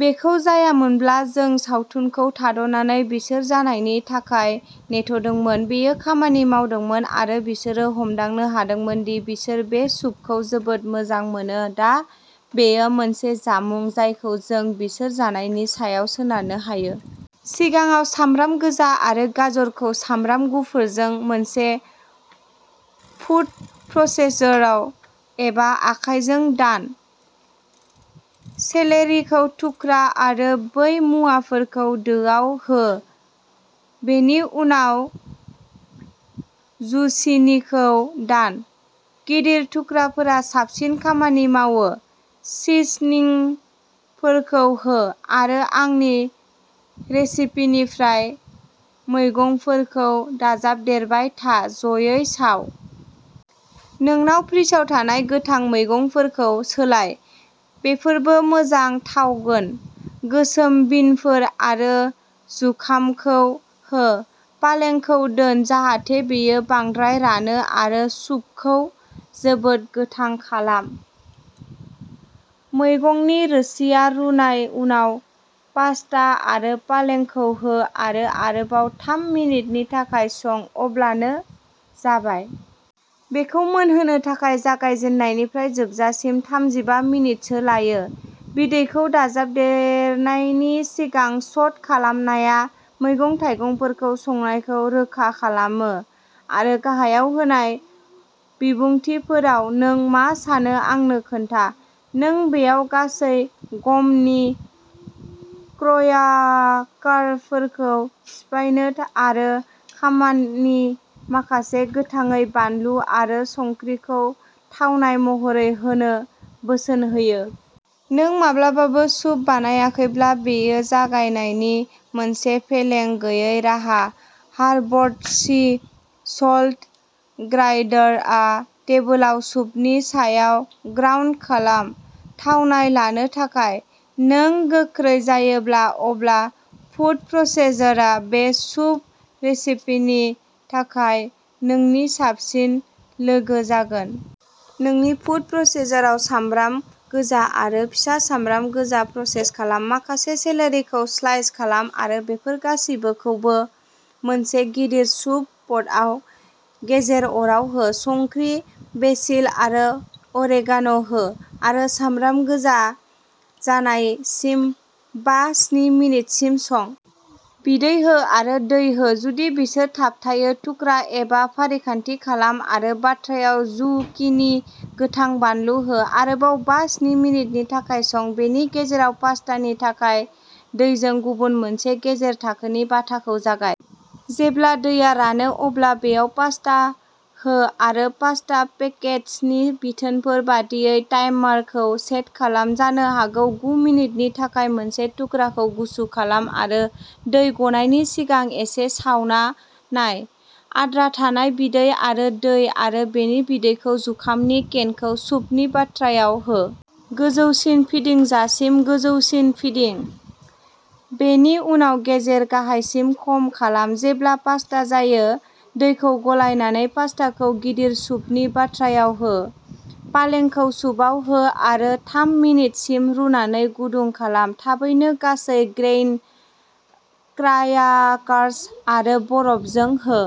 बेखौ जायामोनब्ला जों सावथुनखौ थाद'नानै बिसोर जानायनि थाखाय नेथ'दोंमोन। बेयो खामानि मावदोंमोन, आरो बिसोरो हमदांनो हादोंमोन दि बिसोर बे सुपखौ जोबोद मोजां मोनो, दा बेयो मोनसे जामुं जायखौ जों बिसोर जानायनि सायाव सोनारनो हायो। सिगाङाव सामब्राम गोजा आरो गाजरखौ सामब्राम गुफुरजों, मोनसे फुद प्रसेसराव, एबा आखायजों दान। सेलेरिखौ थुख्रा आरो बै मुवाफोरखौ दोआव हो। बेनि उनाव जुचिनीखौ दान। गिदिर थुख्राफोरा साबसिन खामानि मावो। सिजनिंफोरखौ हो, आरो आंनि रेसिपिनिफ्राय मैगंफोरखौ दाजाबदेरबाय था, ज'यै साव। नोंनाव फ्रिजआव थानाय गोथां मैगंफोरखौ सोलाय, बेफोरबो मोजां थावगोन। गोसोम बिनफोर आरो जुखामखौ हो। पालेंखौ दोन, जाहाथे बेयो बांद्राय रानो आरो सुपखौ जोबोद गोथां खालाम। मैगंनि रोसिआ रुनाय उनाव पास्ता आरो पालेंखौ हो आरो आरोबाव थाम मिनिटनि थाखाय सं अब्लानो जाबाय। बेखौ मोनहोनो थाखाय जागायजेननायनिफ्राय जोबजासिम थामजिबा मिनिटसो लायो। बिदैखौ दाजाबदेरनायनि सिगां स'ट खालामनाया मैगं-थाइगंफोरखौ संनायखौ रोखा खालामो। आरो गाहायाव होनाय बिबुंथिफोराव नों मा सानो आंनो खोन्था। जों बेयाव गासै गमनि क्र्याकारफोरखौ सिफायनो आरो माखासे गोथाङै बानलु आरो संख्रिखौ थावनाय महरै होनो बोसोन होयो। नों माब्लाबाबो सुप बानायाखैब्ला, बेयो जागायनायनि मोनसे फेलें गैयै राहा। हार्बड सी सल्ट ग्राइन्डारआ टेबोलाव सुपनि सायाव ग्राइन्ड खालाम, थावनाय लानो थाखाय। नों गोख्रै जायोब्ला, अब्ला फुद प्रसेसरआ बे सुप रेसिपिनि थाखाय नोंनि साबसिन लोगो जागोन। नोंनि फुद प्रसेसराव सामब्राम गोजा आरो फिसा सामब्राम गोजा प्रसेस खालाम। माखासे सेलेरिखौ स्लाइस खालाम आरो बेफोर गासिबोखौ मोनसे गिदिर सुप पटआव गेजेर अराव हो। संख्रि, बेसिल आरो अरेगान' हो आरो सामब्राम गोजा जानायसिम बा- स्नि मिनिटसिम सं। बिदै हो आरो दै हो, जुदि बिसोर थाबथाबो। थुख्रा एबा फारिखान्थि खालाम आरो बाथ्रायाव जुकिनि, गोथां बानलु हो। आरोबाव बा- स्नि मिनिटनि थाखाय सं। बेनि गेजेराव, पास्तानि थाखाय दैजों गुबुन मोनसे गेजेर-थाखोनि बाथाखौ जागाय। जेब्ला दैया रानो, अब्ला बेयाव पास्ता हो आरो पास्ता पेकेजनि बिथोनफोर बायदियै टाइमारखौ सेट खालाम। जानो हागौ गु मिनिटनि थाखाय। मोनसे थुख्राखौ गुसु खालाम आरो दै गनायनि सिगां एसे सावना नाय। आद्रा थानाय बिदै आरो दै आरो बेनि बिदैजों जुखामनि केनखौ सुपनि बाथ्रायाव हो। गोजौसिम फिदिंजासिम गोजौसिम फिदिं, बेनि उनाव गेजेर गाहायसिम खम खालाम। जेब्ला पास्ता जायो, दैखौ गलायनानै पास्टाखौ गिदिर सुपनि बाथ्रायाव हो। पालेंखौ सुपआव हो आरो थाम मिनिटसिम रुनानै गुदुं खालाम। थाबैनो गासै ग्रेइन क्र्याकार्स आरो बरफजों हो।